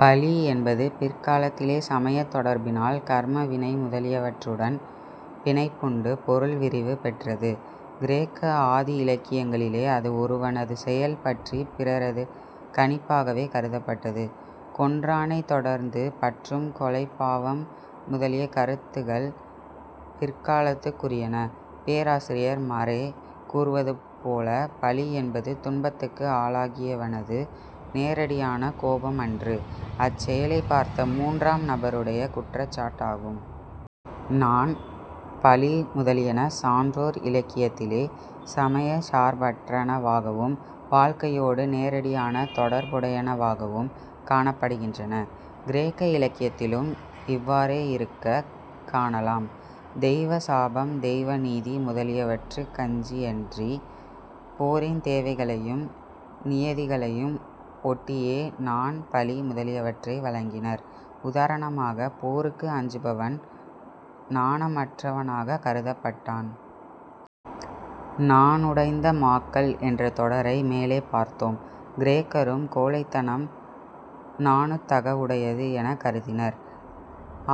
பழி என்பது பிற்காலத்திலே சமயத் தொடர்பினால், கர்ம வினை முதலியவற்றுடன் பிணைப்புண்டு பொருள் விரிவு பெற்றது. கிரேக்க ஆதி இலக்கியங்களிலே அது ஒருவனது செயல் பற்றிப் பிறரது கணிப்பாகவே கருதப்பட்டது. கொன்றானைத் தொடர்ந்து பற்றும் கொலைப் பாவம் முதலிய கருத்துகள் பிற்காலத்துக்குரியன. பேராசிரியர் மறே கூறுவது போல "பழி என்பது துன்பத்துக்கு ஆளாகியவனது நேரடியான கோபம் அன்று; அச்செயலைப் பார்த்த மூன்றாம் நபருடைய குற்றச் சாட்டாகும். " நாண், பழி முதலியன சான்றோர் இலக்கியத்திலே சமயச் சார்பற்றனவாகவும் வாழ்க்கையோடு நேரடியான தொடர்புடையனவாகவும் காணப்படுகின்றன. கிரேக்க இலக்கியத்திலும் இவ்வாறேயிருக்கக் காணலாம். தெய்வ சாபம், தெய்வ நீதி முதலியவற்றுக் கஞ்சியன்றி, போரின் தேவைகளையும் நியதிகளையும் ஒட்டியே நாண், பழி முதலியவற்றை வழங்கினர். உதாரணமாக, போருக்கு அஞ்சுபவன் நாணமற்றவனாகக் கருதப்பட்டான். 'நாணுடைந்த மாக்கள்' என்ற தொடரை மேலே பார்த்தோம். கிரேக்கரும் கோழைத்தனம் நாணுத்தகவுடையது எனக் கருதினர்.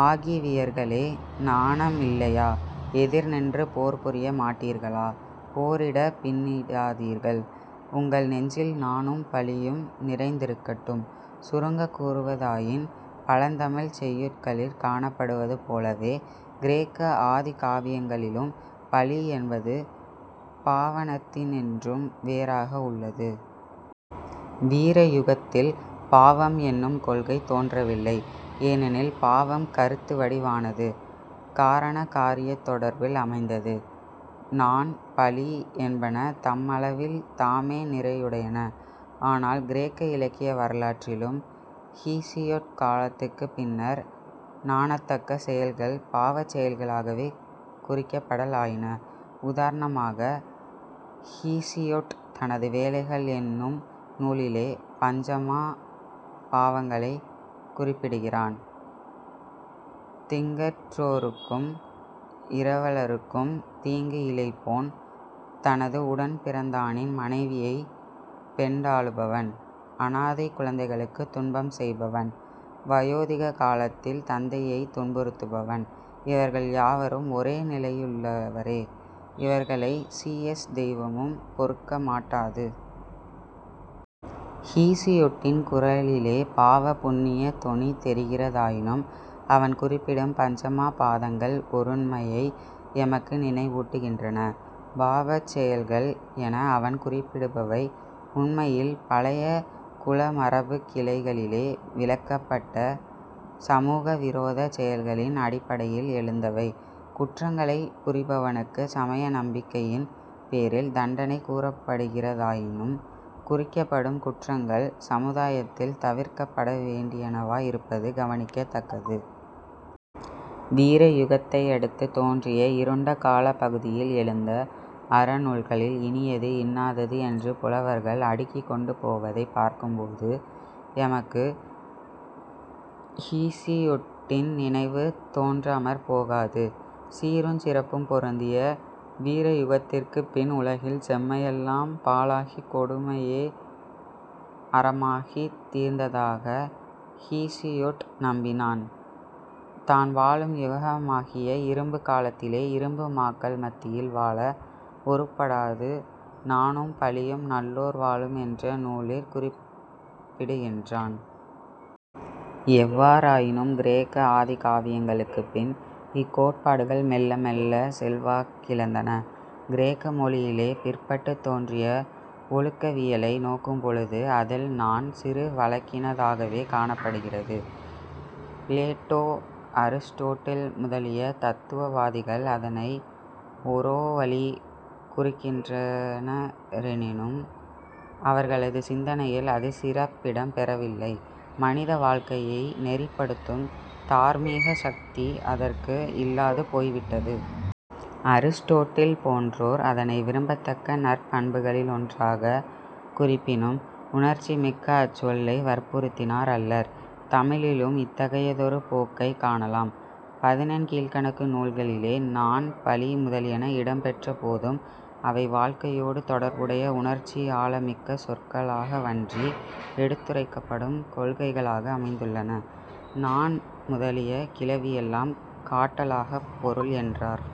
"ஆகிவியர்களே நாணமில்லையா? எதிர் நின்று போர் புரிய மாட்டீர்களா? " "போரிடப் பின்னிடாதீர்கள் உங்கள் நெஞ்சில் நாணும் பழியும் நிறைந்திருக்கட்டும்" சுருங்கக் கூறுவதாயின், பழந்தமிழ்ச் செய்யுட்களிற் காணப்படுவதுபோலவே கிரேக்க ஆதிகாவியங்களிலும் பழி என்பது பாவனத்தினின்றும் வேறாக உள்ளது. வீரயுகத்தில் பாவம் என்னும் கொள்கை தோன்றவில்லை. ஏனெனில் பாவம் கருத்து வடிவானது; காரணகாரியத் தொடர்பில் அமைந்தது. நாண், பழி என்பன தம்மளவில் தாமே நிறையுடையன, ஆனால் கிரேக்க இலக்கிய வரலாற்றிலும் ஹீசியொட் காலத்துக்குப் பின்னர், நாணத்தக்க செயல்கள் பாவச் செயல்களாகவே குறிக்கப்படலாயின. உதாரணமாக ஹீசியொட் தனது வேலைகள் என்னும் நூலிலே பஞ்சமா பாவங்களைக் குறிப்பிடுகிறான்: "திக்கற்றோருக்கும் இரவலருக்கும் தீங்கு இழைப்போன்; தனது உடன் பிறந்தானின் மனைவியைப் பெண்டாளுபவன் " "அனாதைக் குழந்தைகளுக்குத் துன்பம் செய்பவன்;" "வயோதிக காலத்தில் தந்தையைத் துன்புறுத்துபவன்; இவர்கள் யாவரும் ஒரே நிலையிலுள்ளவரே, இவர்களைச் சீயஸ் தெய்வமும் பொறுக்கமாட்டாது. " ஹீசியொட்டின் குரலிலே பாவ, புண்ணிய தொனி தெரிகிறதாயினும், அவன் குறிப்பிடும் பஞ்சமா பாதங்கள் ஒருண்மையை எமக்கு நினைவூட்டுகின்றன. பாபச் செயல்கள் என அவன் குறிப்பிடுபவை, உண்மையில் பழைய குலமரபுக்கிளைகளிலே விலக்கப்பட்ட 'சமூக விரோத'ச் செயல்களின் அடிப்படையில் எழுந்தவை. குற்றங்களைப் புரிபவனுக்குச் சமய நம்பிக்கையின் பேரில் தண்டனை கூறப்படுகிறதாயினும், குறிக்கப்படும் குற்றங்கள் சமுதாயத்தில் தவிர்க்கப்பட வேண்டியனவாயிருப்பது கவனிக்கத் தக்கது. வீரயுகத்தையடுத்து தோன்றிய "இருண்ட காலப் பகுதி"யில் எழுந்த அறநூல்களில், இனியது, இன்னாதது என்று புலவர்கள் அடுக்கிக் கொண்டுபோவதைப் பார்க்கும்போது, எமக்கு ஹூசியொட்டின் நினைவு தோன்றாமற் போகாது. சீருஞ் சிறப்பும் பொருந்திய வீரயுகத்திற்குப் பின் உலகில் 'செம்மையெல்லாம் பாழாகிக் கொடுமையே அறமாகித் தீர்ந்த'தாக ஹீசியொட் நம்பினான். தான் வாழும் யுகமாகிய இரும்புக் காலத்திலே இரும்பு மாக்கள் மத்தியில் வாழ ஒருப்படாது நாணும் பழியும் நல்லோர் வாழும் என்ற நூலிற் குறிப்பிடுகின்றான். எவ்வாறாயினும் கிரேக்க ஆதிகாவியங்களுக்குப்பின் இக்கோட்பாடுகள் மெல்ல மெல்லச் செல்வாக்கிழந்தன. கிரேக்க மொழியிலே பிற்பட்டுத் தோன்றிய ஒழுக்கவியலை நோக்கும்பொழுது அதில் நாண் சிறு வழக்கினதாகவே காணப்படுகிறது. பிளேட்டோ, அரிஸ்டோட்டில் முதலிய தத்துவவாதிகள் அதனை ஒரோவழி குறிக்கின்றனரெனினும், அவர்களது சிந்தனையில் அது சிறப்பிடம் பெறவில்லை. மனிதவாழ்க்கையை நெறிப்படுத்தும் தார்மீக சக்தி அதற்கு இல்லாது போய்விட்டது. அரிஸ்டோட்டில் போன்றோர் அதனை விரும்பத்தக்க நற்பண்புகளில் ஒன்றாகக் குறிப்பினும், உணர்ச்சிமிக்க அச்சொல்லை வற்புறுத்தினார் அல்லர். தமிழிலும் இத்தகையதொரு போக்கைக் காணலாம். பதினெண் கீழ்க்கணக்கு நூல்களிலே நாண், பழி முதலியன இடம்பெற்றபோதும், அவை வாழ்க்கையோடு தொடர்புடைய உணர்ச்சி ஆழமிக்க சொற்களாகவன்றி எடுத்துரைக்கப்படும் கொள்கைகளாக அமைந்துள்ளன. நாண் முதலிய "கிளவியெல்லாம் காட்டலாகப் பொருள்" என்றார்